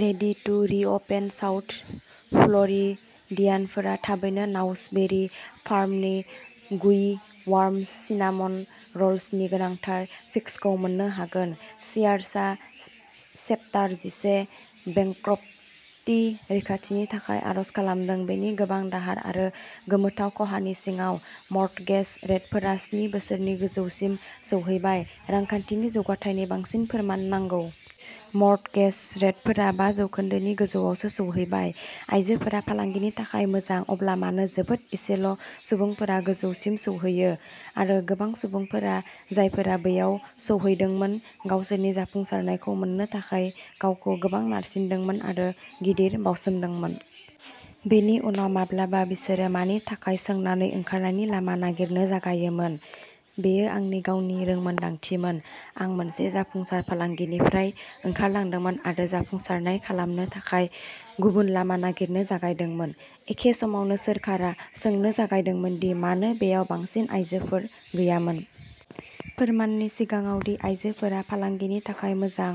Ready to reopen south फ्ल'रिडियानफोरा थाबैनो नाउस बेरि फार्मनि गुई, वार्म सिनामन र'ल्सनि गोनांथार फिक्सखौ मोन्नो हागोन। सियार्सआ चेप्टार जिसे बेंक्रप्टि रैखाथिनि थाखाय आर'ज खालामदों, बेनि गोबां दाहार आरो गोमोथाव खहानि सिङाव। मर्टगेज रेटफोरा स्नि बोसोरनि गोजौसिम सौहैबाय, रांखान्थिनि जौगाथायनि बांसिन फोरमान नांगौ? मर्टगेज रेटफोरा बा जौखोन्दो नि गोजौआवसो सौहैबाय। आयजोफोरा फालांगिनि थाखाय मोजां। अब्ला मानो जोबोद एसेल' सुबुंफोरा गोजौसिम सौहैयो आरो गोबां सुबुंफोरा जायफोरा बैयाव सौहैदोंमोन गावसोरनि जाफुंसारनायखौ मोननो थाखाय गावखौ गोबां नारसिनदोंमोन आरो गिदिर बावसोमदोंमोन। बेनि उनाव, माब्लाबा बिसोरो मानि थाखाय सोंनानै ओंखारनायनि लामा नागिरनो जागायोमोन। बेयो आंनि गावनि रोंमोनदांथिमोन। आं मोनसे जाफुंसार फालांगिनिफ्राय ओंखारलांदोंमोन आरो जाफुंसारनाय खालामनो थाखाय गुबुन लामा नागिरनो जागायदोंमोन। एखे समावनो सोरखारा सोंनो जागायदोंमोन दि मानो बेयाव बांसिन आइजोफोर गैयामोन। फोरमाननि सिगाङाव दि आइजोफोरा फालांगिनि थाखाय मोजां।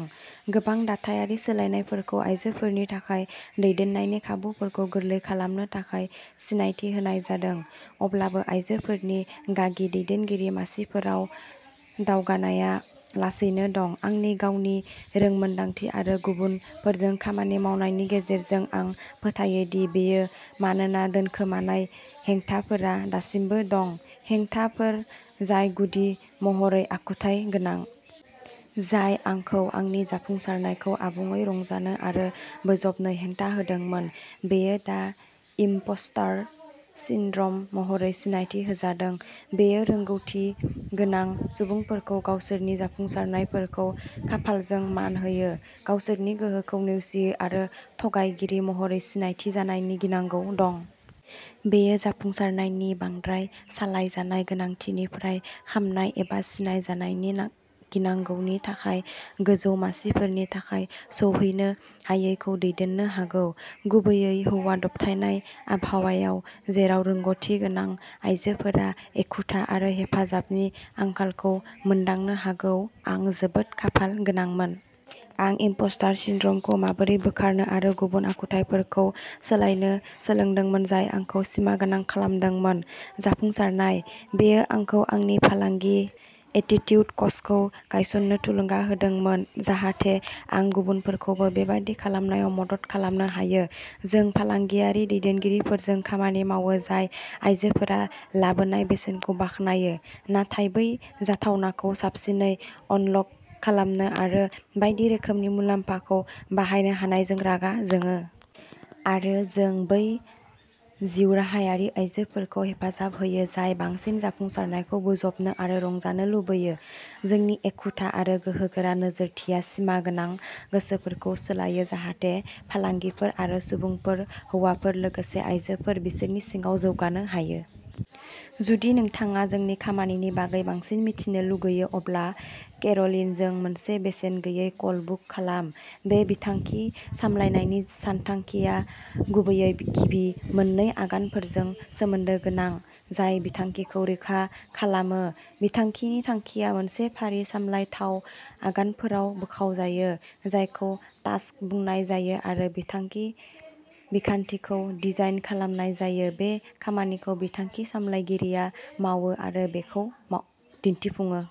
गोबां दाथायारि सोलायनायफोरखौ आइजोफोरनि थाखाय दैदेननायनि खाबुफोरखौ गोरलै खालामनो थाखाय सिनायथि होनाय जादों। अब्लाबो आइजोफोरनि गागि दैदेनगिरि मासिफोराव दावगानायआ लासैनो दं। आंनि गावनि रोंमोनदांथि आरो गुबुनफोरजों खामानि मावनायनि गेजेरजों, आं फोथायो दि बेयो मानोना दोनखोमानाय हेंथाफोरा दासिमबो दं; हेंथाफोर जाय गुदि महरै आखुथाय गोनां। जाय आंखौ आंनि जाफुंसारनायखौ आबुङै रंजानो आरो बोजबनो हेंथा होदोंमोन, बेयो दा इमपस्टार सिन्ड्रम महरै सिनायथि होजादों। बेयो रोंग'थिगोनां सुबुंफोरखौ गावसोरनि जाफुंसारनायफोरखौ खाफालजों मान होयो, गावसोरनि गोहोखौ नेवसियो आरो थगायगिरि महरै सिनायथि जानायनि गिनांगौ दं। बेयो जाफुंसारनायनि बांद्राय सालायजानाय गोनांथिनिफ्राय खामनाय एबा सिनायजानायनि गिनांगौनि थाखाय गोजौ मासिफोरनि थाखाय सौहैनो हायैखौ दैदेननो हागौ। गुबैयै हौवा दबथायनाय आबहावायाव जेराव रोंग'थिगोनां आइजोफोरा एखुथा आरो हेफाजाबनि आंखालखौ मोनदांनो हागौ। आं जोबोद खाफाल गोनांमोन। आं इमपस्टार सिन्ड्रमखौ माबोरै बोखारनो आरो गुबुन आखुथाइफोरखौ सोलायनो सोलोंदोंमोन जाय आंखौ सिमागोनां खालामदोंमोन। जाफुंसारनाय। बेयो आंखौ आंनि फालांगि, एटिट्युड कचखौ गायसन्नो थुलुंगा होदोंमोन, जाहाथे आं गुबुनफोरखौबो बेबादि खालामनायाव मदद खालामनो हायो। जों फालांगियारि दैदेनगिरिफोरजों खामानि मावो, जाय आयजोफोरा लाबोनाय बेसेनखौ बाख्नायो, नाथाय बै जाथावनाखौ साबसिनै अनलक खालामनो आरो बायदि रोखोमनि मुलाम्फाखौ बाहायनो हानायजों रागा जोङो। आरो जों बै जिउराहायारि आयजोफोरखौ हेफाजाब होयो, जाय बांसिन जाफुंसारनायखौ बोजबनो आरो रंजानो लुबैयो। जोंनि एखुथा आरो गोहोगोरा नोजोरथिया सिमा गोनां गोसोफोरखौ सोलायो, जाहाथे फालांगिफोर आरो सुबुंफोर हौवाफोर लोगोसे आयजोफोर बिसोरनि सिङाव जौगानो हायो। जुदि नोंथाङा जोंनि खामानिनि बागै बांसिन मिथिनो लुगैयो, अब्ला केर'लिनजों मोनसे बेसेन गैयै कल बुक खालाम। बे बिथांखि सामलायनायनि सानथांखिआ गुबैयै गिबि मोन्नै आगानफोरजों सोमोन्दो गोनां, जाय बिथांखिखौ रोखा खालामो; बिथांखिनि थांखिया मोनसे फारि सामलायथाव आगानफोराव बोखावजायो, जायखौ टास्क बुंनाय जायो आरो बिथांखि बिखान्थिखौ डिजाइन खालामनाय जायो; बे खामानिखौ बिथांखि सामलायगिरिया मावो आरो बेखौ दिन्थिफुङो।